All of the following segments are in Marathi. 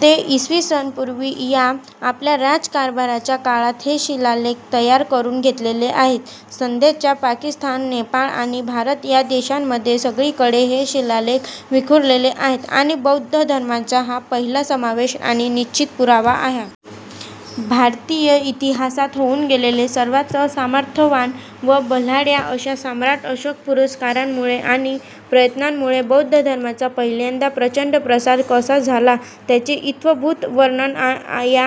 ते इसविसन पूर्वी या आपल्या राज्यकारभाराच्या काळात हे शिलालेख तयार करून घेतलेले आहेत. संध्याच्या पाकिस्तान, नेपाळ आणि भारत या देशांमध्ये सगळीकडे हे शिलालेख विखुरलेले आहेत आणि बौद्ध धर्माचा हा पहिला समावेश आणि निश्चित पुरावा आहे. भारतीय इतिहासात होऊन गेलेल्या सर्वात सामर्थ्यवान व बलाढ्य अशा सम्राट अशोकाच्या पुरस्कारामुळे आणि प्रयत्नांमुळे बौद्ध धर्माचा पहिल्यांदाच प्रचंड प्रसार कसा झाला त्याचे इत्वभूत वर्णन या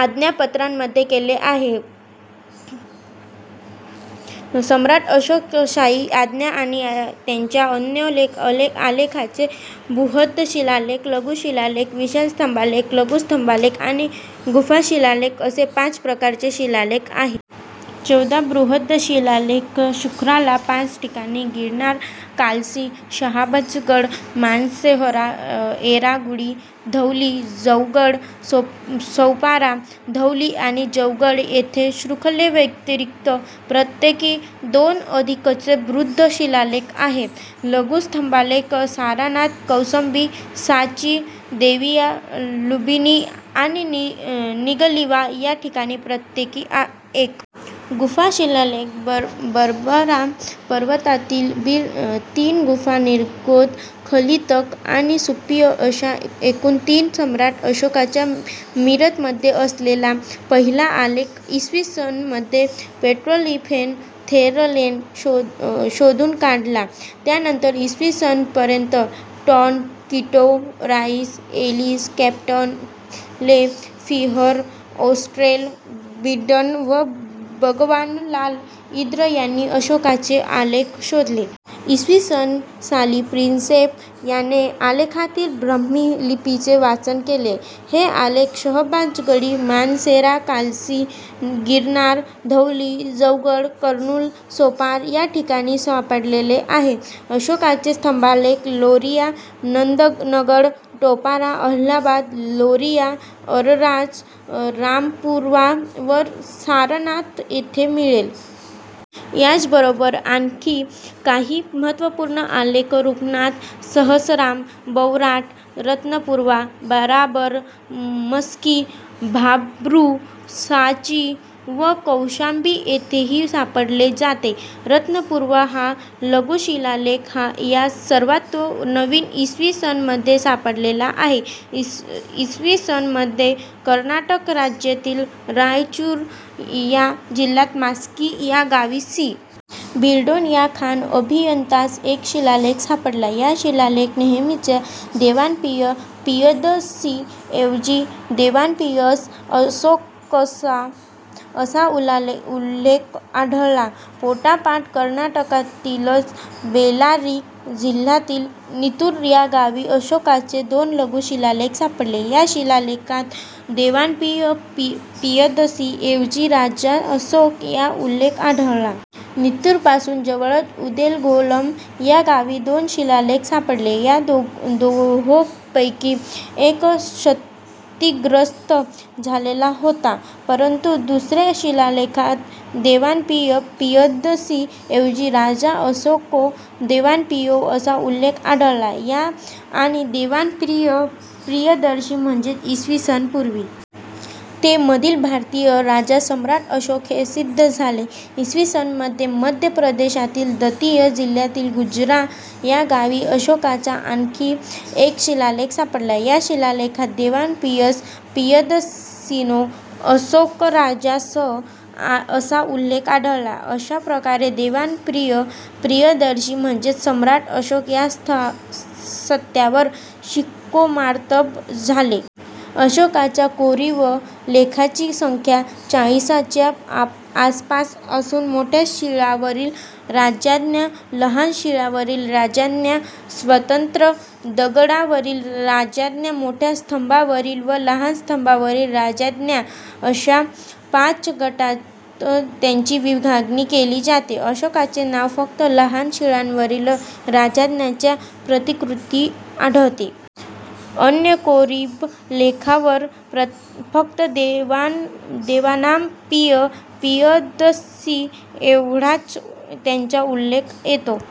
आज्ञापत्रांमध्ये केलेले आहे. सम्राट अशोकाच्या शाही आज्ञा आणि त्याच्या अन्य आलेखांचे बृहद शिलालेख, लघु शिलालेख, विशाल स्तंभालेख, लघु स्तंभालेख आणि गुफा शिलालेख असे पाच प्रकारचे शिलालेख आहेत. चौदा बृहद शिलालेख शुखराला पाच ठिकाणी गिरनार, कालसी, शहाबाजगढ, मानसेहरा येरागुडी, धौली, जौगड, सोपारा. धौली आणि जौगड येथे शृंखले व्यतिरिक्त प्रत्येकी दोन अधिकचे बृहद शिलालेख आहेत. लघु स्तंभालेख सारनाथ, कौसंबी, सॉंची, देविया, लुंबिनी आणि निगलिवा या ठिकाणी प्रत्येकी एक. गुफा शिलालेख बार्बरा पर्वतातील तीन गुफा निग्रोध, खलीतक आणि सुप्पिय अशा एकूण तीन. सम्राट अशोकाचा मीरतमध्ये असलेला पहिला आलेख इ. स. मध्ये पेड्रोटिफेन-थेलरने शोधून काढला. त्यानंतर इसविसन पर्यंत टॉंड, किट्टो, राईस, एलिस, कॅप्टन ले, फीहरर, ऑस्ट्रेल, बीडन व भगवानलाल इंद्र यांनी अशोकाचे आलेख शोधले. इसविसन साली प्रिन्सेप याने आलेखातील ब्राह्मी लिपीचे वाचन केले. हे आलेख शाहबाझगढी, मानसेरा, कालसी, गिरनार, धौली, जौगड, कर्नूल, सोपारा या ठिकाणी सापडलेले आहेत. अशोकाचे स्तंभालेख लोरिया नंदनगड, टोपरा, अलाहाबाद, लोरिया अरराज, रामपुरवा व सारनाथ येथे मिळेल. याचबरोबर आणखी काही महत्त्वपूर्ण आलेख रूपनाथ, सहसराम, बैराट, रतनपूर्वा, बाराबर, मस्की, भाब्रू, सॉंची व कौशांबी येथेही सापडले जाते. रतनपूर्वा हा लधु शिलालेख या सर्वांत नवीन इसवीसन मधे सापडलेला आहे. इसवीसन मधे कर्नाटक राज्यातील रायचूर या जिल्ह्यात मास्की या गावी सी. बिडॉन या खाण अभियंत्यास एक शिलालेख सापडला. या शिलालेखात नेहेमीच्या "देवानांपिय पियदसि" ऐवजी "देवानांपियस असोकस" असा उल्लेख आढळला. पाठोपाठ कर्नाटकातीलच बेल्लारी जिल्ह्यातील नित्तूर या गावी अशोकाचे दोन लघु-शिलालेख सापडले. या शिलालेखात "देवानांपिय पियदसि" ऐवजी "राजा असोक" या उल्लेख आढळला. नित्तूरपासून जवळच उदेलगोलम या गावी दोन शिलालेख सापडले. या दोहोंपैकी एक क्षतिग्रस्त झालेला होता परंतु दुसऱ्या शिलालेखात "देवानांपिय पियदसि" ऐवजी "राजा असोको देवानांपियो" असा उल्लेख आढळला. आणि देवानांप्रिय प्रियदर्शी म्हणजेच इसवी सन पूर्वी ते मधील भारतीय राजा सम्राट अशोक हे सिद्ध झाले. इसवी सन मधे मध्य प्रदेशातील दतिया जिल्ह्यातील गुजर्रा या गावी अशोकाचा आणखी एक शिलालेख सापडला या शिलालेखात "देवानांपियस पियदसिनो असोकराजस" असा उल्लेख आढळला. अशा प्रकारे देवानांप्रिय प्रियदर्शी म्हणजेच सम्राट अशोक, या सत्यावर शिक्कामोर्तब झाले. अशोकाच्या कोरीव लेखांची संख्या चाळीसच्या आसपास असून मोठ्या शिळांवरील राजाज्ञा, लहान शिळांवरील राजाज्ञा, स्वतंत्र दगडावरील राजाज्ञा, मोठ्या स्तंभावरील व लहान स्तंभावरील राजाज्ञा अशा पाच गटात त्याची विभागणी केली जाते. अशोकाचे नाव फक्त लहान शिळांवरील राजाज्ञांच्या प्रतिकृतीत आढळते. अन्य कोरीव लेखांवर फक्त देवानाम पिय पियदस्सी एवढाच त्याचा उल्लेख येतो.